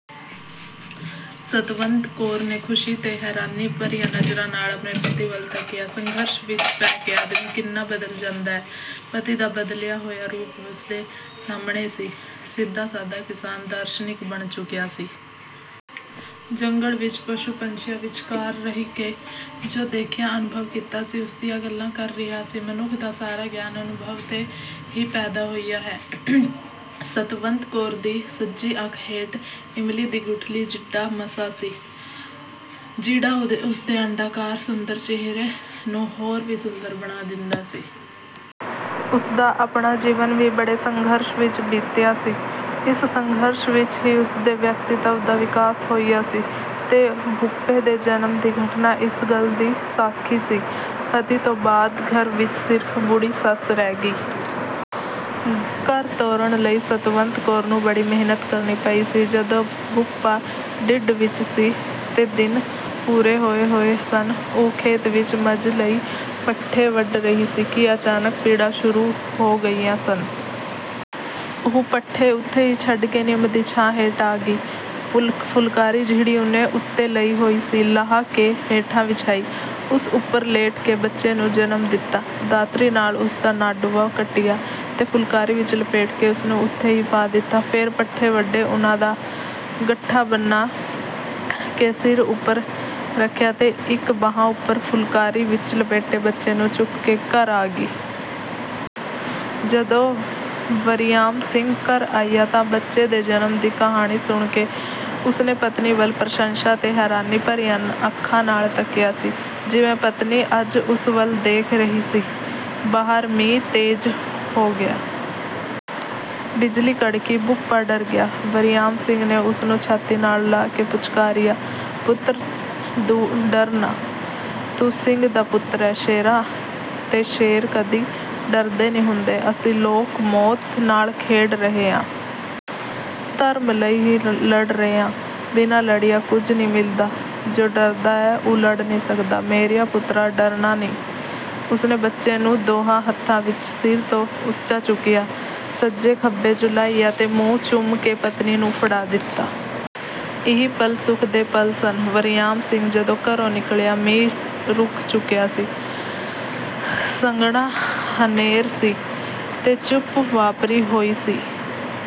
ਸਤਵੰਤ ਕੌਰ ਨੇ ਖੁਸ਼ੀ ਤੇ ਹੈਰਾਨੀ ਭਰੀਆਂ ਨਜ਼ਰਾਂ ਨਾਲ ਆਪਣੇ ਪਤੀ ਵੱਲ ਤੱਕਿਆ। ਸੰਘਰਸ਼ ਵਿੱਚ ਪੈ ਕੇ ਆਦਮੀ ਕਿੰਨਾ ਬਦਲ ਜਾਂਦਾ ਹੈ! ਪਤੀ ਦਾ ਬਦਲਿਆ ਹੋਇਆ ਰੂਪ ਉਸ ਦੇ ਸਾਹਮਣੇ ਸੀ। ਸਿੱਧਾ-ਸਾਦਾ ਕਿਸਾਨ ਦਾਰਸ਼ਨੀਕ ਬਣ ਚੁੱਕਿਆ ਸੀ। ਜੰਗਲ ਵਿੱਚ ਪਸ਼ੂ-ਪੰਛੀਆਂ ਵਿਚਕਾਰ ਰਹਿ ਕੇ ਜੋ ਦੇਖਿਆ, ਅਨੁਭਵ ਕੀਤਾ ਸੀ, ਉਸਦੀਆਂ ਗੱਲਾਂ ਕਰ ਰਿਹਾ ਸੀ। ਮਨੁੱਖ ਦਾ ਸਾਰਾ ਗਿਆਨ ਅਨੁਭਵ ਤੋਂ ਹੀ ਪੈਦਾ ਹੋਇਆ ਹੈ। ਸਤਵੰਤ ਕੌਰ ਦੀ ਸੱਜੀ ਅੱਖ ਹੇਠ ਇਮਲੀ ਦੀ ਗੁਠਲੀ ਜਿੱਡਾ ਮੱਸਾ ਸੀ, ਜਿਹੜਾ ਉਸਦੇ ਅੰਡਾ-ਕਾਰ ਸੁੰਦਰ ਚਿਹਰੇ ਨੂੰ ਹੋਰ ਵੀ ਸੁੰਦਰ ਬਣਾ ਦਿੰਦਾ ਸੀ। ਉਸਦਾ ਆਪਣਾ ਜੀਵਨ ਵੀ ਬੜੇ ਸੰਘਰਸ਼ ਵਿੱਚ ਬੀਤਿਆ ਸੀ। ਇਸ ਸੰਘਰਸ਼ ਵਿੱਚ ਹੀ ਉਸਦੇ ਵਿਅਕਤੀਤਵ ਦਾ ਵਿਕਾਸ ਹੋਇਆ ਸੀ ਤੇ ਭੂਪੇ ਦੇ ਜਨਮ ਦੀ ਘਟਨਾ ਇਸ ਗੱਲ ਦੀ ਸਾਖੀ ਸੀ। ਪਤੀ ਤੋਂ ਬਾਅਦ ਘਰ ਵਿੱਚ ਸਿਰਫ ਬੁੱਢੀ ਸੱਸ ਰਹਿ ਗਈ। ਘਰ ਤੋਰਨ ਲਈ ਸਤਵੰਤ ਕੌਰ ਨੂੰ ਬੜੀ ਮਿਹਨਤ ਕਰਨੀ ਪਈ ਸੀ। ਜਦੋਂ ਭੂਪਾ ਢਿੱਡ ਵਿੱਚ ਸੀ ਤੇ ਦਿਨ ਪੂਰੇ ਹੋਏ ਹੋਏ ਸਨ, ਉਹ ਖੇਤ ਵਿੱਚ ਮੱਝ ਲਈ ਪੱਠੇ ਵੱਢ ਰਹੀ ਸੀ ਕਿ ਅਚਾਨਕ ਪੀੜਾਂ ਸ਼ੁਰੂ ਹੋ ਗਈਆਂ ਸਨ। ਉਹ ਪੱਠੇ ਉੱਥੇ ਹੀ ਛੱਡ ਕੇ ਨਿੰਮ ਦੀ ਛਾਂ ਹੇਠ ਆ ਗਈ। ਫੁਲਕਾਰੀ, ਜਿਹੜੀ ਉਸਨੇ ਉੱਤੇ ਲਈ ਹੋਈ ਸੀ, ਲਾਹ ਕੇ ਹੇਠਾਂ ਵਿਛਾਈ। ਉਸ ਉੱਪਰ ਲੇਟ ਕੇ ਬੱਚੇ ਨੂੰ ਜਨਮ ਦਿੱਤਾ, ਦਾਤਰੀ ਨਾਲ ਉਸਦਾ ਨਾੜੂਆ ਕੱਟਿਆ ਤੇ ਫੁਲਕਾਰੀ ਵਿੱਚ ਲਪੇਟ ਕੇ ਉਸਨੂੰ ਉੱਥੇ ਹੀ ਪਾ ਦਿੱਤਾ, ਫੇਰ ਪੱਠੇ ਵੱਢੇ, ਉਹਨਾਂ ਦਾ ਗੱਠਾ ਬੰਨ੍ਹ ਕੇ ਸਿਰ ਉੱਪਰ ਰੱਖਿਆ ਤੇ ਇੱਕ ਬਾਂਹ ਉੱਪਰ ਫੁਲਕਾਰੀ ਵਿੱਚ ਲਪੇਟੇ ਬੱਚੇ ਨੂੰ ਚੁੱਕ ਕੇ ਘਰ ਆ ਗਈ। ਜਦੋਂ ਵਰਿਆਮ ਸਿੰਘ ਘਰ ਆਇਆ ਤਾਂ ਬੱਚੇ ਦੇ ਜਨਮ ਦੀ ਕਹਾਣੀ ਸੁਣ ਕੇ ਉਸਨੇ ਪਤਨੀ ਵੱਲ ਪ੍ਰਸ਼ੰਸਾ ਤੇ ਹੈਰਾਨੀ ਭਰੀਆਂ ਅੱਖਾਂ ਨਾਲ ਤੱਕਿਆ ਸੀ, ਜਿਵੇਂ ਪਤਨੀ ਅੱਜ ਉਸ ਵੱਲ ਦੇਖ ਰਹੀ ਸੀ। ਬਾਹਰ ਮੀਂਹ ਤੇਜ਼ ਹੋ ਗਿਆ। ਬਿਜਲੀ ਕੜਕੀ। ਭੂਪਾ ਡਰ ਗਿਆ। ਵਰਿਆਮ ਸਿੰਘ ਨੇ ਉਸਨੂੰ ਛਾਤੀ ਨਾਲ ਲਾ ਕੇ ਪੁਚਕਾਰਿਆ, "ਪੁੱਤਰ ਡਰ ਨਾ। ਤੂੰ ਸਿੰਘ ਦਾ ਪੁੱਤਰ ਏਂ ਸ਼ੇਰਾ, ਤੇ ਸ਼ੇਰ ਕਦੀ ਡਰਦੇ ਨਹੀਂ ਹੁੰਦੇ। ਅਸੀਂ ਲੋਕ ਮੌਤ ਨਾਲ ਖੇਡ ਰਹੇ ਆਂ। ਧਰਮ ਲਈ ਲੜ ਰਹੇ ਹਾਂ। ਬਿਨਾਂ ਲੜਿਆਂ ਕੁਝ ਨਹੀਂ ਮਿਲਦਾ। ਜੋ ਡਰਦਾ ਏ, ਉਹ ਲੜ ਨਹੀਂ ਸਕਦਾ। ਮੇਰਿਆ ਪੁੱਤਰਾ, ਡਰਨਾ ਨਹੀਂ।" ਉਸਨੇ ਬੱਚੇ ਨੂੰ ਦੋਹਾਂ ਹੱਥਾਂ ਵਿੱਚ ਸਿਰ ਤੋਂ ਉੱਚਾ ਚੁੱਕਿਆ, ਸੱਜੇ-ਖੱਬੇ ਝੁਲਾਇਆ ਤੇ ਮੂੰਹ ਚੁੰਮ ਕੇ ਪਤਨੀ ਨੂੰ ਫੜਾ ਦਿੱਤਾ। ਇਹ ਪਲ ਸੁਖ ਦੇ ਪਲ ਸਨ। ਵਰਿਆਮ ਸਿੰਘ ਜਦੋਂ ਘਰੋਂ ਨਿਕਲਿਆ, ਮੀਂਹ ਰੁਕ ਚੁੱਕਿਆ ਸੀ। ਸੰਘਣਾ ਹਨੇਰ ਸੀ ਤੇ ਚੁੱਪ ਵਾਪਰੀ ਹੋਈ ਸੀ।